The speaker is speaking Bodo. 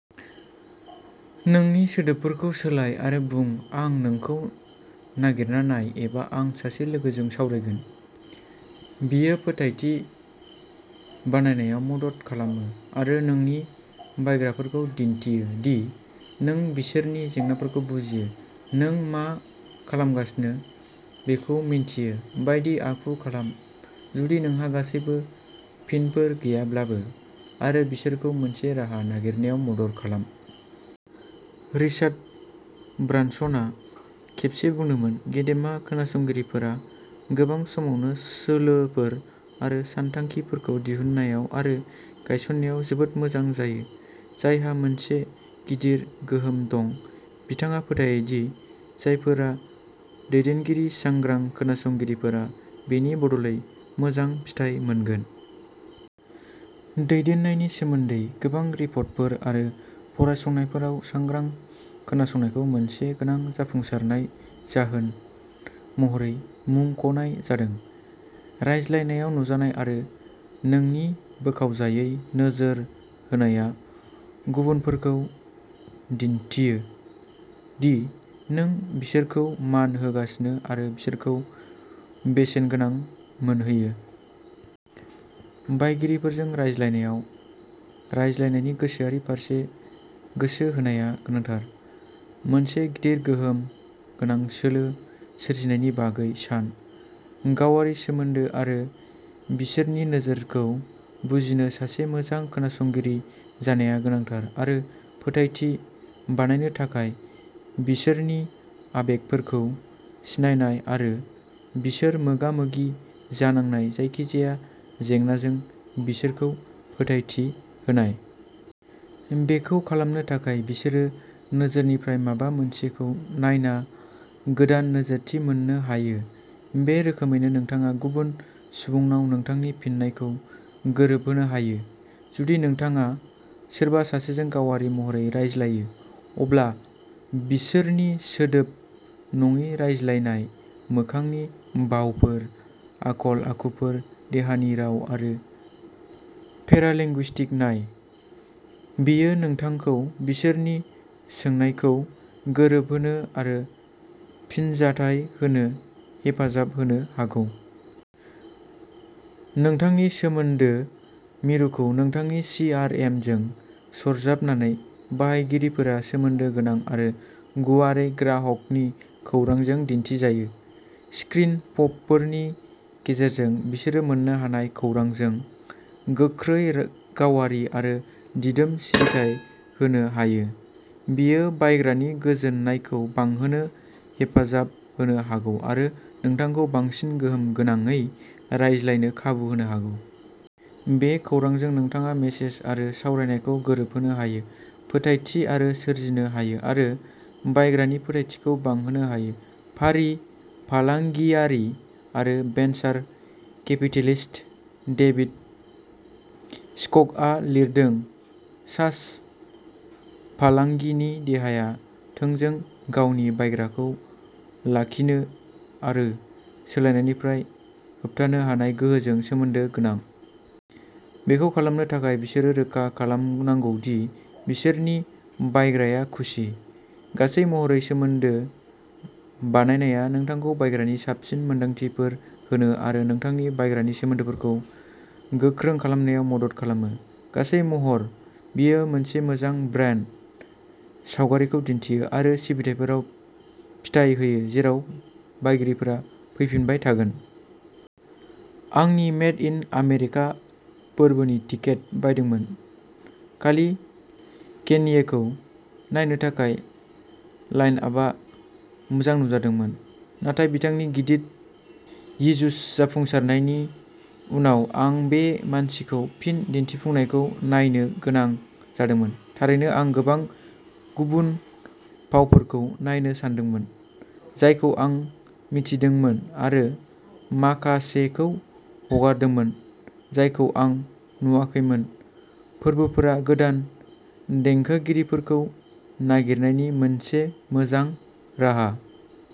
नोंनि सोदोबफोरखौ सोलाय आरो बुं, "आं नोंखौ नागिरना नाय" एबा "आं सासे लोगोजों सावरायगोन।" बेयो फोथायथि बानायनायाव मदद खालामो आरो नोंनि बायग्राफोरखौ दिन्थियो दि नों बिसोरनि जेंनाफोरखौ बुजियो। नों मा खालामगासिनो बेखौ मिन्थियो बायदि आखु खालाम, जुदि नोंहा गासैबो फिनफोर गैयाब्लाबो आरो बिसोरखौ मोनसे राहा नागिरनायाव मदद खालाम। रिचार्ड ब्रानसनआ खेबसे बुंदोंमोन, "गेदेमा खोनासंगिरिफोरा गोबां समावनो सोलोफोर आरो सानथांखिफोरखौ दिहुननायाव आरो गायसननायाव जोबोद मोजां जायो जायहा मोनसे गिदिर गोहोम दं।" बिथाङा फोथायो दि जायफोरा दैदेनगिरि सांग्रां खोनासंगिरिफोरा बेनि बदलै मोजां फिथाय मोनगोन। दैदेननायनि सोमोन्दै गोबां रिपर्टफोर आरो फरायसंनायफोराव, सांग्रां खोनासंनायखौ मोनसे गोनां जाफुंसारनाय जाहोन महरै मुंख'नाय जादों। रायज्लायनायाव नुजानाय आरो नोंनि बोखावजायै नोजोर होनाया गुबुनफोरखौ दिन्थियो दि नों बिसोरखौ मान होगासिनो आरो बिसोरखौ बेसेनगोनां मोनहोयो। बायगिरिफोरजों रायज्लायनायाव, रायज्लायनायनि गोसोआरि फारसे गोसो होनाया गोनांथार। मोनसे गिदिर गोहोम गोनां सोलो सोरजिनायनि बागै सान। गावारि सोमोन्दो आरो बिसोरनि नोजोरखौ बुजिनो। सासे मोजां खोनासंगिरि जानाया गोनांथार आरो फोथायथि बानायनो थाखाय बिसोरनि आबेगफोरखौ सिनायनाय आरो बिसोर मोगा-मोगि जानांनाय जायखिजाया जेंनाजों बिसोरखौ फोथायथि होनाय। बेखौ खालामनो थाखाय बिसोरो नोजोरनिफ्राय माबा मोनसेखौ नायना गोदान नोजोरथि मोन्नो हायो। बे रोखोमैनो नोंथाङा गुबुन सुबुंनाव नोंथांनि फिननायखौ गोरोबहोनो हायो। जुदि नोंथाङा सोरबा सासेजों गावारि महरै रायज्लायो, अब्ला बिसोरनि सोदोब नङै रायज्लायनाय मोखांनि भावफोर, आखल-आखुफोर, देहानि राव आरो पेरालिंगुइस्टिक नाय बेयो नोंथांखौ बिसोरनि सोंनायखौ गोरोबहोनो आरो फिनजाथाय होनो हेफाजाब होनो हागौ। नोंथांनि सोमोन्दो मिरुखौ नोंथांनि चि आर एमजों सरजाबनानै, बाहायगिरिफोरा सोमोन्दो गोनां आरो गुवारै ग्राहकनि खौरांजों दिन्थिजायो। स्क्रिन पपफोरनि गेजेरजों बिसोरो मोन्नो हानाय खौरांजों गोख्रै, गावारि आरो दिदोम सिबिथाइ होनो हायो। बेयो बायग्रानि गोजोननायखौ बांहोनो हेफाजाब होनो हागौ आरो नोंथांखौ बांसिन गोहोम गोनांयै रायज्लायनो खाबु होनो हागौ। बे खौरांजों, नोंथाङा मेसेज आरो सावरायनायखौ गोरोबहोनो हायो, फोथायथि सोरजिनो हायो आरो बायग्रानि फोथायथिखौ बांहोनो हायो। फारि फालांगियारि आरो भेन्सार केपिटेलिस्ट, डेभिड स्क'कआ लिरदों, "सास फालांगिनि देहाया थोंजों गावनि बायग्राखौ लाखिनो आरो सोलायनायनिफ्राय होबथानो हानाय गोहोजों सोमोन्दो गोनां। बेखौ खालामनो थाखाय, बिसोरो रोखा खालामनांगौ दि बिसोरनि बायग्राया खुसि।" गासै महरै, सोमोन्दो बानायनाया नोंथांखौ बायग्रानि साबसिन मोनदांथिफोर होनो आरो नोंथांनि बायग्रानि सोमोन्दोफोरखौ गोख्रों खालामनायाव मदद खालामो। गासै महर, बेयो मोनसे मोजां ब्रान्ड सावगारिखौ दिन्थियो आरो सिबिथाइफोराव फिथाय होयो जेराव बायगिरिफोरा फैफिनबाय थागोन। आंनि मेड इन आमेरिका फोरबोनि टिकेट बायदोंमोन खालि केनयेखौ नायनो थाखाय। लाइन-आपआ मोजां नुजादोंमोन, नाथाय बिथांनि गिदिर यीजुस जाफुंसारनायनि उनाव आं बे मानसिखौ फिन दिन्थिफुंनायखौ नायनो गोनां जादोंमोन। थारैनो आं गोबां गुबुन फावफोरखौ नायनो सानदोंमोन, जायखौ आं मिथिदोंमोन आरो माखासेखौ हगारदोंमोन जायखौ आं नुवाखैमोन। फोरबोफोरा गोदान देंखोगिरिफोरखौ नागिरनायनि मोनसे मोजां राहा।